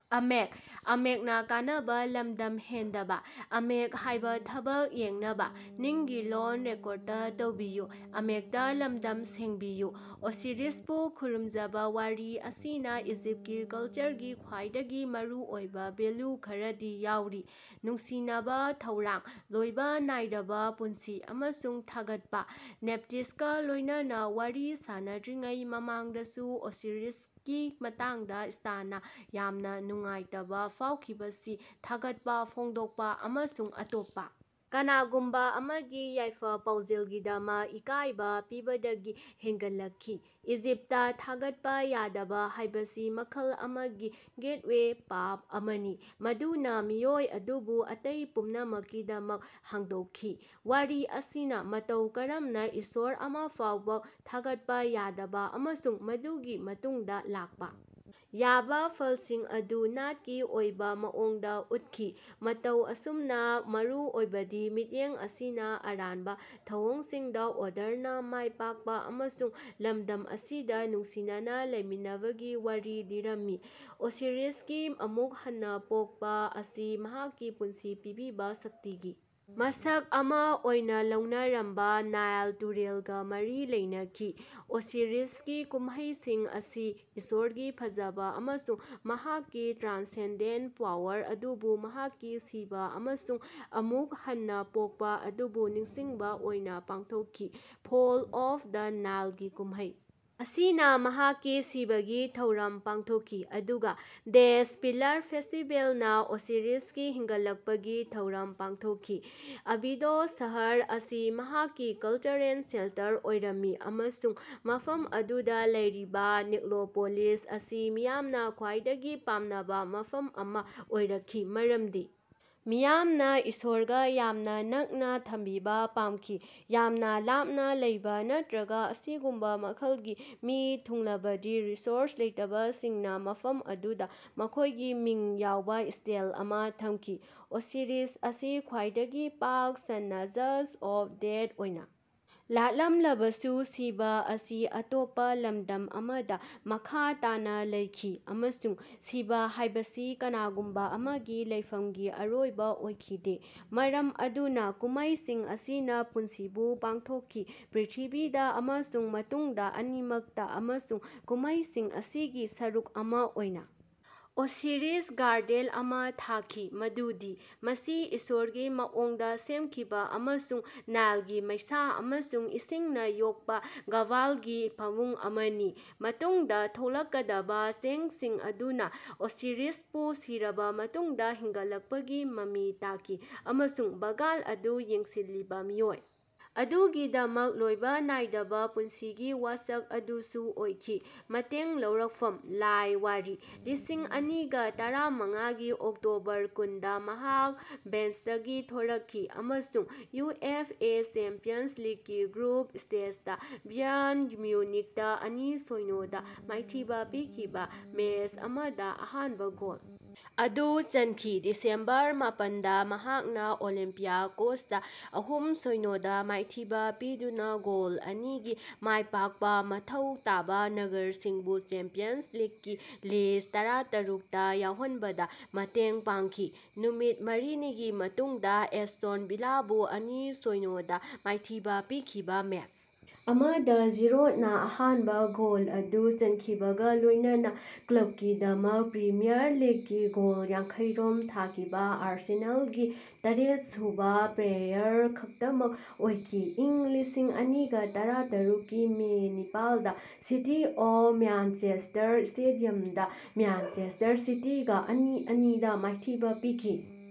ꯑꯣꯁꯤꯔꯤꯁꯄꯨ ꯈꯨꯔꯨꯝꯖꯕ ꯋꯥꯔꯤ ꯑꯁꯤꯅꯥ ꯏꯖꯤꯞꯀꯤ ꯀꯜꯆꯔꯒꯤ ꯈ꯭ꯋꯥꯏꯗꯒꯤ ꯃꯔꯨꯑꯣꯏꯕꯥ ꯚꯦꯜꯌꯨ ꯈꯔꯗꯤ ꯌꯥꯎꯈꯤ: ꯅꯨꯡꯁꯤꯅꯕꯥ ꯊꯧꯔꯥꯡ, ꯂꯣꯝꯕꯥ ꯅꯥꯏꯗꯕꯥ ꯄꯨꯟꯁꯤ ꯑꯃꯁꯨꯡ ꯊꯥꯒꯠꯄꯥ꯫ ꯅꯦꯞꯇꯤꯁꯀꯥ ꯂꯣꯢꯅꯅꯥ ꯋꯥꯔꯤ ꯁꯥꯅꯗ꯭ꯔꯤꯉꯩ ꯃꯃꯥꯡꯗꯁꯨ ꯑꯣꯁꯤꯔꯤꯁꯀꯤ ꯃꯇꯥꯡꯗꯥ ꯁꯦꯇꯅꯥ ꯌꯥꯝꯅꯥ ꯅꯨꯡꯉꯥꯏꯇꯕꯥ ꯐꯥꯎꯈꯤꯕꯁꯤ ꯊꯥꯒꯠꯄꯥ ꯐꯣꯡꯗꯣꯛꯄꯥ ꯑꯃꯁꯨꯡ ꯑꯇꯣꯞꯄꯥ ꯀꯅꯥꯒꯨꯝꯕꯥ ꯑꯃꯒꯤ ꯌꯥꯏꯐ-ꯄꯥꯎꯖꯦꯜꯒꯤꯗꯃꯛ ꯏꯀꯥꯏꯕꯥ ꯄꯤꯕꯗꯒꯤ ꯍꯦꯟꯒꯠꯂꯛꯈꯤ꯫ ꯏꯖꯤꯞꯇꯥ ꯊꯥꯒꯠꯄꯥ ꯌꯥꯗꯕꯥ ꯍꯥꯢꯕꯁꯤ ꯃꯈꯜ ꯑꯃꯒꯤ "ꯒꯦꯠꯋꯦ ꯄꯥꯞ" ꯑꯃꯅꯤ ꯃꯗꯨꯅꯥ ꯃꯤꯑꯣꯏ ꯑꯗꯨꯕꯨ ꯑꯇꯩ ꯄꯨꯝꯅꯃꯛꯀꯤꯗꯃꯛ ꯍꯥꯡꯗꯣꯛꯈꯤ꯫ ꯋꯥꯔꯤ ꯑꯁꯤꯅꯥ ꯃꯇꯧ ꯀꯔꯝꯅꯥ ꯏꯁꯣꯔ ꯑꯃꯐꯥꯎꯕꯥ ꯊꯥꯒꯠꯄꯥ ꯌꯥꯗꯕꯥ ꯑꯃꯁꯨꯡ ꯃꯗꯨꯒꯤ ꯃꯇꯨꯡꯗꯥ ꯂꯥꯛꯄꯥ ꯌꯥꯕꯥ ꯐꯜꯁꯤꯡ ꯑꯗꯨ ꯅꯥꯠꯀꯤ ꯑꯣꯏꯕꯥ ꯃꯑꯣꯡꯗꯥ ꯎꯠꯈꯤ꯫ ꯃꯇꯧ ꯑꯁꯨꯝꯅꯥ ꯃꯔꯨ ꯑꯣꯏꯕꯗꯤ, ꯃꯤꯠꯌꯦꯡ ꯑꯁꯤꯅꯥ ꯑꯔꯥꯟꯕꯥ ꯊꯧꯑꯣꯡꯁꯤꯡꯗꯥ ꯑꯣꯔꯗꯔꯅꯥ ꯃꯥꯏꯄꯥꯛꯄꯥ ꯑꯃꯁꯨꯡ ꯂꯝꯗꯝ ꯑꯁꯤꯗꯥ ꯅꯨꯡꯁꯤꯅꯅꯥ ꯂꯩꯃꯤꯟꯅꯕꯒꯤ ꯋꯥꯔꯤ ꯂꯤꯔꯝꯃꯤ꯫ ꯑꯣꯁꯤꯔꯤꯁꯀꯤ ꯑꯃꯨꯛ ꯍꯟꯅꯥ ꯄꯣꯛꯄꯥ ꯑꯁꯤ ꯃꯍꯥꯛꯀꯤ ꯄꯨꯟꯁꯤ ꯄꯤꯕꯤꯕꯥ ꯁꯛꯇꯤꯒꯤ ꯃꯁꯛ ꯑꯃꯥ ꯑꯣꯏꯅꯥ ꯂꯧꯅꯔꯝꯕꯥ ꯅꯥꯏꯜ ꯇꯨꯔꯦꯜꯒꯥ ꯃꯔꯤ ꯂꯩꯅꯈꯤ꯫ ꯑꯣꯁꯤꯔꯤꯁꯀꯤ ꯀꯨꯝꯃꯩꯁꯤꯡ ꯑꯁꯤ ꯏꯁꯣꯔꯒꯤ ꯐꯖꯕꯥ ꯑꯃꯁꯨꯡ ꯃꯍꯥꯛꯀꯤ ꯇ꯭ꯔꯥꯟꯁꯦꯟꯗꯦꯟꯇ ꯄꯥꯋꯔ ꯑꯗꯨꯕꯨ ꯃꯍꯥꯛꯀꯤ ꯁꯤꯕꯥ ꯑꯃꯁꯨꯡ ꯑꯃꯨꯛ ꯍꯟꯅꯥ ꯄꯣꯛꯄꯥ ꯑꯗꯨꯕꯨ ꯅꯤꯡꯁꯤꯡꯕꯥ ꯑꯣꯏꯅꯥ ꯄꯥꯡꯊꯣꯛꯈꯤ꯫ ꯐꯣꯜ ꯑꯣꯐ ꯗ ꯅꯥꯏꯂꯒꯤ ꯀꯨꯝꯃꯩ ꯑꯁꯤꯅꯥ ꯃꯍꯥꯛꯀꯤ ꯁꯤꯕꯒꯤ ꯊꯧꯔꯝ ꯄꯥꯡꯊꯣꯛꯈꯤ ꯑꯗꯨꯒꯥ ꯗ꯭ꯖꯦꯗ ꯄꯤꯂꯥꯔ ꯐꯦꯁꯇꯤꯕꯦꯜꯅꯥ ꯑꯣꯁꯤꯔꯤꯁꯀꯤ ꯍꯤꯡꯒꯠꯂꯛꯄꯒꯤ ꯊꯧꯔꯝ ꯄꯥꯡꯊꯣꯛꯈꯤ꯫ ꯑꯕꯤꯗꯣꯁ ꯁꯍꯔ ꯑꯁꯤ ꯃꯍꯥꯛꯀꯤ ꯀꯜꯆꯔꯦꯜ ꯁꯦꯟꯇꯔ ꯑꯣꯏꯔꯝꯃꯤ ꯑꯃꯁꯨꯡ ꯃꯐꯝ ꯑꯗꯨꯗꯥ ꯂꯩꯔꯤꯕꯥ ꯅꯦꯛꯔꯣꯄꯣꯂꯤꯁ ꯑꯁꯤ ꯃꯤꯌꯥꯝꯅꯥ ꯈ꯭ꯋꯥꯏꯗꯒꯤ ꯄꯥꯝꯅꯕꯥ ꯃꯐꯝ ꯑꯃꯥ ꯑꯣꯏꯔꯛꯈꯤ ꯃꯔꯝꯗꯤ ꯃꯤꯌꯥꯝꯅꯥ ꯏꯁꯣꯔꯒꯥ ꯌꯥꯝꯅꯥ ꯅꯛꯅꯥ ꯊꯝꯕꯤꯕꯥ ꯄꯥꯝꯈꯤ꯫ ꯌꯥꯝꯅꯥ ꯂꯥꯞꯅꯥ ꯂꯩꯕꯥ ꯅꯠꯔꯒꯥ ꯑꯁꯤꯒꯨꯝꯕꯥ ꯃꯈꯜꯒꯤ ꯃꯤ ꯊꯨꯡꯂꯕꯒꯤ ꯔꯤꯁꯣꯔꯁ ꯂꯩꯇꯕꯁꯤꯡꯅꯥ ꯃꯐꯝ ꯑꯗꯨꯗꯥ ꯃꯈꯣꯡꯒꯤ ꯃꯤꯡ ꯌꯥꯎꯕꯥ ꯁ꯭ꯇꯦꯜ ꯑꯃꯥ ꯊꯝꯈꯤ꯫ ꯑꯣꯁꯤꯔꯤꯁ ꯑꯁꯤ ꯈ꯭ꯋꯥꯏꯗꯒꯤ ꯄꯥꯛ ꯁꯟꯅꯥ ꯖꯁ ꯑꯣꯐ ꯗꯦꯗ ꯑꯣꯏꯅꯥ ꯂꯥꯠꯂꯝꯂꯕꯁꯨ ꯁꯤꯕꯥ ꯑꯁꯤ ꯑꯇꯣꯞꯄꯥ ꯂꯝꯗꯝ ꯑꯃꯗꯥ ꯃꯈꯥ ꯇꯥꯅꯥ ꯂꯩꯈꯤ ꯑꯃꯁꯨꯡ ꯁꯤꯕꯥ ꯍꯥꯢꯕꯁꯤ ꯀꯅꯥꯒꯨꯝꯕꯥ ꯑꯃꯒꯤ ꯂꯩꯐꯝꯒꯤ ꯑꯔꯣꯏꯕꯥ ꯑꯣꯏꯈꯤꯗꯦ꯫ ꯃꯔꯝ ꯑꯗꯨꯅꯥ ꯀꯨꯝꯃꯩꯁꯤꯡ ꯑꯁꯤꯅꯥ ꯄꯨꯟꯁꯤꯕꯨ ꯄꯥꯡꯊꯣꯛꯈꯤ ꯄ꯭ꯔꯤꯊꯤꯕꯤꯗꯥ ꯑꯃꯁꯨꯡ ꯃꯇꯨꯡꯗꯥ ꯑꯅꯤꯃꯛꯇꯥ ꯑꯃꯁꯨꯡ ꯀꯨꯝꯃꯩꯁꯤꯡ ꯑꯁꯤꯒꯤ ꯁꯔꯨꯛ ꯑꯃꯥ ꯑꯣꯏꯅꯥ ꯑꯣꯁꯤꯔꯤꯁ ꯒꯥꯔꯗꯦꯟ ꯑꯃꯥ ꯊꯥꯈꯤ ꯃꯗꯨꯗꯤ ꯃꯁꯤ ꯏꯁꯣꯔꯒꯤ ꯃꯑꯣꯡꯗꯥ ꯁꯦꯝꯈꯤꯕꯥ ꯑꯃꯁꯨꯡ ꯅꯥꯏꯂꯒꯤ ꯃꯩꯁꯥ ꯑꯃꯁꯨꯡ ꯏꯁꯤꯡꯅꯥ ꯌꯣꯛꯄꯥ ꯕꯥꯒꯥꯟꯒꯤ ꯐꯃꯨꯡ ꯑꯃꯅꯤ꯫ ꯃꯇꯨꯡꯗꯥ ꯊꯣꯛꯂꯛꯀꯗꯕꯥ ꯆꯦꯡꯁꯤꯡ ꯑꯗꯨꯅꯥ ꯑꯣꯁꯤꯔꯤꯁꯄꯨ ꯁꯤꯔꯕꯥ ꯃꯇꯨꯡꯗꯥ ꯍꯤꯡꯒꯠꯂꯛꯄꯒꯤ ꯃꯃꯤ ꯇꯥꯈꯤ ꯑꯃꯁꯨꯡ ꯕꯥꯒꯥꯟ ꯑꯗꯨ ꯌꯦꯡꯁꯤꯜꯂꯤꯕꯥ ꯃꯤꯑꯣꯏ ꯑꯗꯨꯒꯤꯗꯃꯛ ꯂꯣꯢꯕꯥ ꯅꯥꯏꯗꯕꯥ ꯄꯨꯟꯁꯤꯒꯤ ꯋꯥꯁꯛ ꯑꯗꯨꯁꯨ ꯑꯣꯏꯈꯤ꯫ ꯃꯇꯦꯡ ꯂꯧꯔꯛꯐꯝ:ꯂꯥꯏ ꯋꯥꯔꯤ꯫ ꯂꯤꯁꯤꯡꯑꯅꯤꯒ ꯇꯔꯥꯃꯉꯥ ꯒꯤ ꯑꯣꯛꯇꯣꯕꯔ ꯀꯨꯟꯗꯥ ꯃꯍꯥꯛ ꯕꯦꯟꯆꯇꯒꯤ ꯊꯣꯔꯛꯈꯤ ꯑꯃꯁꯨꯡ ꯌꯨ꯬ꯑꯦꯐ꯬ꯑꯦ ꯆꯦꯝꯄꯤꯌꯟꯁ ꯂꯤꯒꯀꯤ ꯒ꯭ꯔꯨꯞ ꯁ꯭ꯇꯦꯖꯇꯥ ꯕꯦꯌꯥꯔꯟ ꯃ꯭ꯌꯨꯅꯤꯛꯇꯥ ꯑꯅꯤ-ꯁꯣꯢꯅꯣꯗꯥ ꯃꯥꯏꯊꯤꯕꯥ ꯄꯤꯈꯤꯕꯥ ꯃꯦꯆ ꯑꯃꯗꯥ ꯑꯍꯥꯟꯕꯥ ꯒꯣꯜ ꯑꯗꯨ ꯆꯟꯈꯤ ꫰ ꯗꯤꯁꯦꯝꯕꯔ ꯃꯄꯟꯗꯥ ꯃꯍꯥꯛꯅꯥ ꯑꯣꯂꯤꯝꯄꯤꯌꯥꯀꯣꯁꯇꯥ ꯑꯍꯨꯝ-ꯁꯣꯢꯅꯣꯗꯥ ꯃꯥꯏꯊꯤꯕꯥ ꯄꯤꯗꯨꯅꯥ ꯒꯣꯜ ꯑꯅꯤꯒꯤ ꯃꯥꯏꯄꯥꯛꯄꯥ ꯃꯊꯧ ꯇꯥꯕꯥ ꯒꯅꯔꯁꯤꯡꯕꯨ ꯆꯦꯝꯄꯤꯌꯟꯁ ꯂꯤꯒꯀꯤ ꯂꯥꯁ꯭ꯠ-ꯇꯔꯥꯇꯔꯨꯛꯇꯥ ꯌꯥꯎꯍꯟꯕꯗꯥ ꯃꯇꯦꯡ ꯄꯥꯡꯈꯤ ꫰ ꯅꯨꯃꯤꯠ ꯃꯔꯤꯅꯤꯒꯤ ꯃꯇꯨꯡꯗꯥ ꯑꯦꯁꯇꯣꯟ ꯚꯤꯂꯥꯕꯨ ꯑꯅꯤ-ꯁꯣꯢꯅꯣ ꯗꯥ ꯃꯥꯏꯊꯤꯕꯥ ꯄꯤꯈꯤꯕꯥ ꯃꯦꯆ ꯑꯃꯗꯥ ꯖꯤꯔꯣꯗꯅꯥ ꯑꯍꯥꯟꯕꯥ ꯒꯣꯜ ꯑꯗꯨ ꯆꯟꯈꯤꯕꯒꯥ ꯂꯣꯏꯅꯅꯥ ꯀ꯭ꯂꯕꯀꯤꯗꯃꯛ ꯄ꯭ꯔꯤꯃꯤꯌꯥꯔ ꯂꯤꯒꯀꯤ ꯒꯣꯜ ꯌꯥꯡꯈꯩꯔꯣꯝ ꯊꯥꯈꯤꯕꯥ ꯑꯥꯔꯁꯦꯅꯥꯜꯒꯤ ꯇꯔꯦꯠꯁꯨꯕꯥ ꯄ꯭ꯂꯦꯌꯥꯔ ꯈꯛꯇꯃꯛ ꯑꯣꯏꯈꯤ ꫰ ꯢꯪ ꯂꯤꯁꯤꯡꯑꯅꯤꯒ ꯇꯔꯥꯇꯔꯨꯛ ꯀꯤ ꯃꯦ ꯅꯤꯄꯥꯜꯗꯥ ꯁꯤꯇꯤ ꯑꯣꯐ ꯃ꯭ꯌꯥꯟꯆꯦꯁꯇꯔ ꯁ꯭ꯇꯦꯗꯤꯌꯝꯗꯥ ꯃ꯭ꯌꯥꯟꯆꯦꯁꯇꯔ ꯁꯤꯇꯤꯒꯥ ꯑꯅꯤ-ꯑꯅꯤ ꯗꯥ ꯃꯥꯏꯊꯤꯕꯥ ꯄꯤꯈꯤ꯫